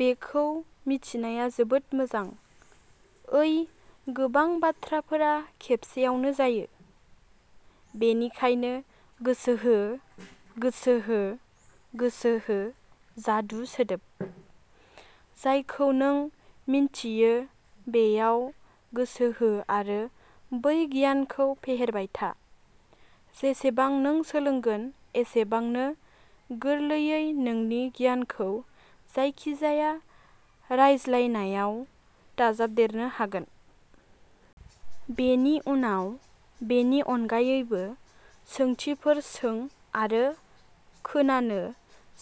बेखौ मिथिनाया जोबोद मोजां। ओइ गोबां बाथ्राफोरा खेबसेआवनो जायो। बेनिखायनो गोसो हो, गोसो हो, गोसो हो, जादु सोदोब। जायखौ नों मिन्थियो बेयाव गोसो हो आरो बै गियानखौ फेहेरबाय था। जेसेबां नों सोलोंगोन एसेबांनो गोरलैयै नोंनि गियानखौ जायखिजाया रायज्लायनायाव दाजाबदेरनो हागोन। बेनि उनाव, बेनि अनगायैबो, सोंथिफोर सों आरो खोनानो,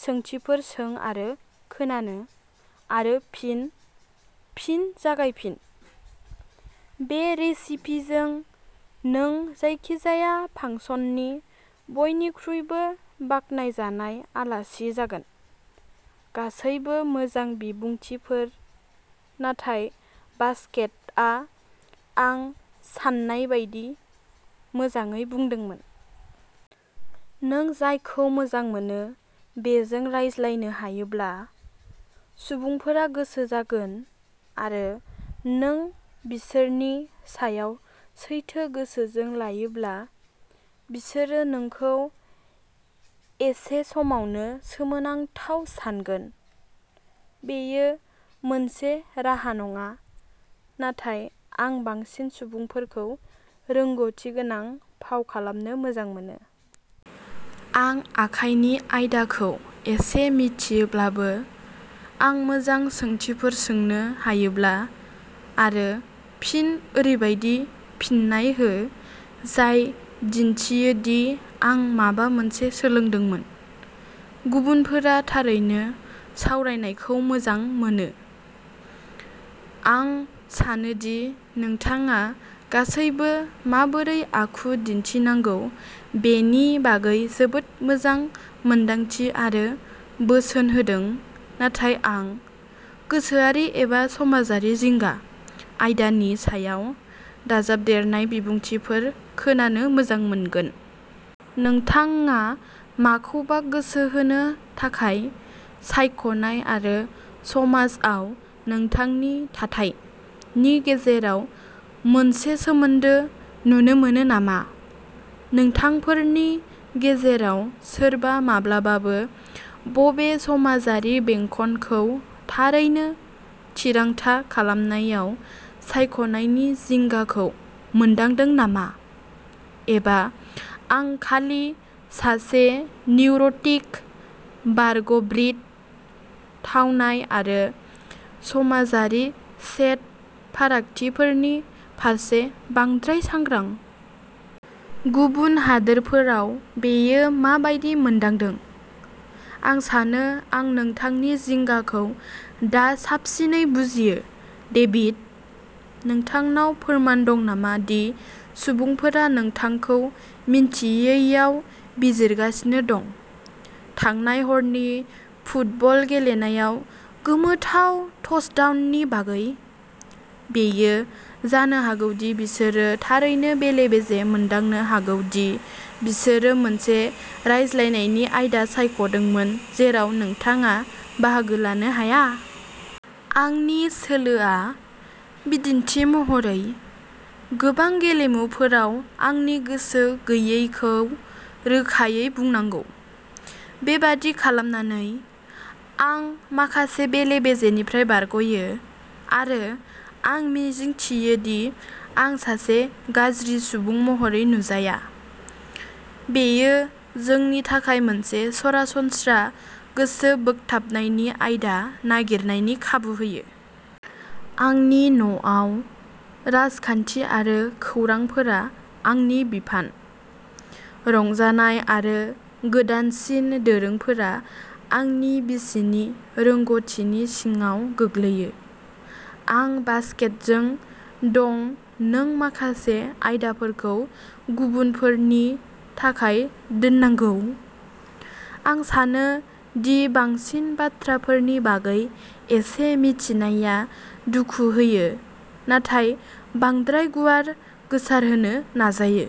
सोंथिफोर सों आरो खोनानो, आरो फिन, फिन जागायफिन। बे रेसिपिजों, नों जायखिजाया फांसननि बयनिख्रुइबो बाखनायजानाय आलासि जागोन। गासैबो मोजां बिबुंथिफोर, नाथाय बासकेटआ आं सान्नाय बायदि मोजाङै बुंदोंमोन। नों जायखौ मोजां मोनो बेजों रायज्लायनो हायोब्ला, सुबुंफोरा गोसो जागोन, आरो नों बिसोरनि सायाव सैथो गोसोजों लायोब्ला, बिसोरो नोंखौ एसे समावनो सोमोनांथाव सानगोन! बेयो मोनसे राहा नङा, नाथाय आं बांसिन सुबुंफोरखौ रोंग'थि गोनां फाव खालामनो मोजां मोनो। आं आखाइनि आयदाखौ एसे मिथियोब्लाबो, आं मोजां सोंथिफोर सोंनो हायोब्ला आरो फिन ओरैबायदि फिन्नाय हो जाय दिन्थियो दि आं माबा मोनसे सोलोंदोंमोन, गुबुनफोरा थारैनो सावरायनायखौ मोजां मोनो।। आं सानो दि नोंथाङा गासैबो माबोरै आखु दिन्थिनांगौ बेनि बागै जोबोद मोजां मोनदांथि आरो बोसोन होदों, नाथाय आं "गोसोआरि एबा समाजारि जिंगा" आयदानि सायाव दाजाबदेरनाय बिबुंथिफोर खोनानो मोजां मोनगोन। नोंथाङा माखौबा गोसो होनो थाखाय सायख'नाय आरो समाजआव नोंथांनि "थाथाय" नि गेजेराव मोनसे सोमोन्दो नुनो मोनो नामा? नोंथांफोरनि गेजेराव सोरबा माब्लाबाबो बबे समाजारि बेंखनखौ "थारैनो" थिरांथा खालामनायाव सायख'नायनि जिंगाखौ मोनदांदों नामा? एबा आं खालि सासे निउर'टिक बारग'ब्रिट, थावनाय आरो समाजारि सेट फारागथिफोरनि फारसे बांद्राय सांग्रां? गुबुन हादोरफोराव बेयो मा बायदि "मोनदांदों? आं सानो आं नोंथांनि जिंगाखौ दा साबसिनै बुजियो, डेभिड। नोंथांनाव फोरमान दं नामा दि सुबुंफोरा नोंथांखौ मिन्थियैयाव बिजिरगासिनो दं। थांनाय हरनि फुटबल गेलेनायाव गोमोथाव टचडाउननि बागै? बेयो जानो हागौ दि बिसोरो थारैनो बेले बेजे मोनदांनो हागौ दि बिसोरो मोनसे रायज्लायनायनि आयदा सायख'दोंमोन जेराव नोंथाङा बाहागो लानो हाया? आंनि सोलोआ, बिदिन्थि महरै, गोबां गेलेमुफोराव आंनि गोसो गैयैखौ रोखायै बुंनांगौ। बेबादि खालामनानै, आं माखासे बेले बेजेनिफ्राय बारग'यो, आरो आं मिजिंथियो दि आं सासे गाज्रि सुबुं महरै नुजाया। बेयो जोंनि थाखाय मोनसे सरासनस्रा गोसोबोगथाबनायनि आयदा नागिरनायनि खाबु होयो। आंनि न'आव, राजखान्थि आरो खौरांफोरा आंनि बिफान। रंजानाय आरो गोदानसिन दोरोंफोरा, आंनि बिसिनि रोंग'थिनि सिङाव गोग्लैयो। आं बासकेटजों दं नों माखासे आयदाफोरखौ गुबुनफोरनि थाखाय दोननांगौ! आं सानो दि बांसिन बाथ्राफोरनि बागै एसे मिथिनाया दुखु होयो, नाथाय बांद्राय गुवार गोसारहोनो नाजायो।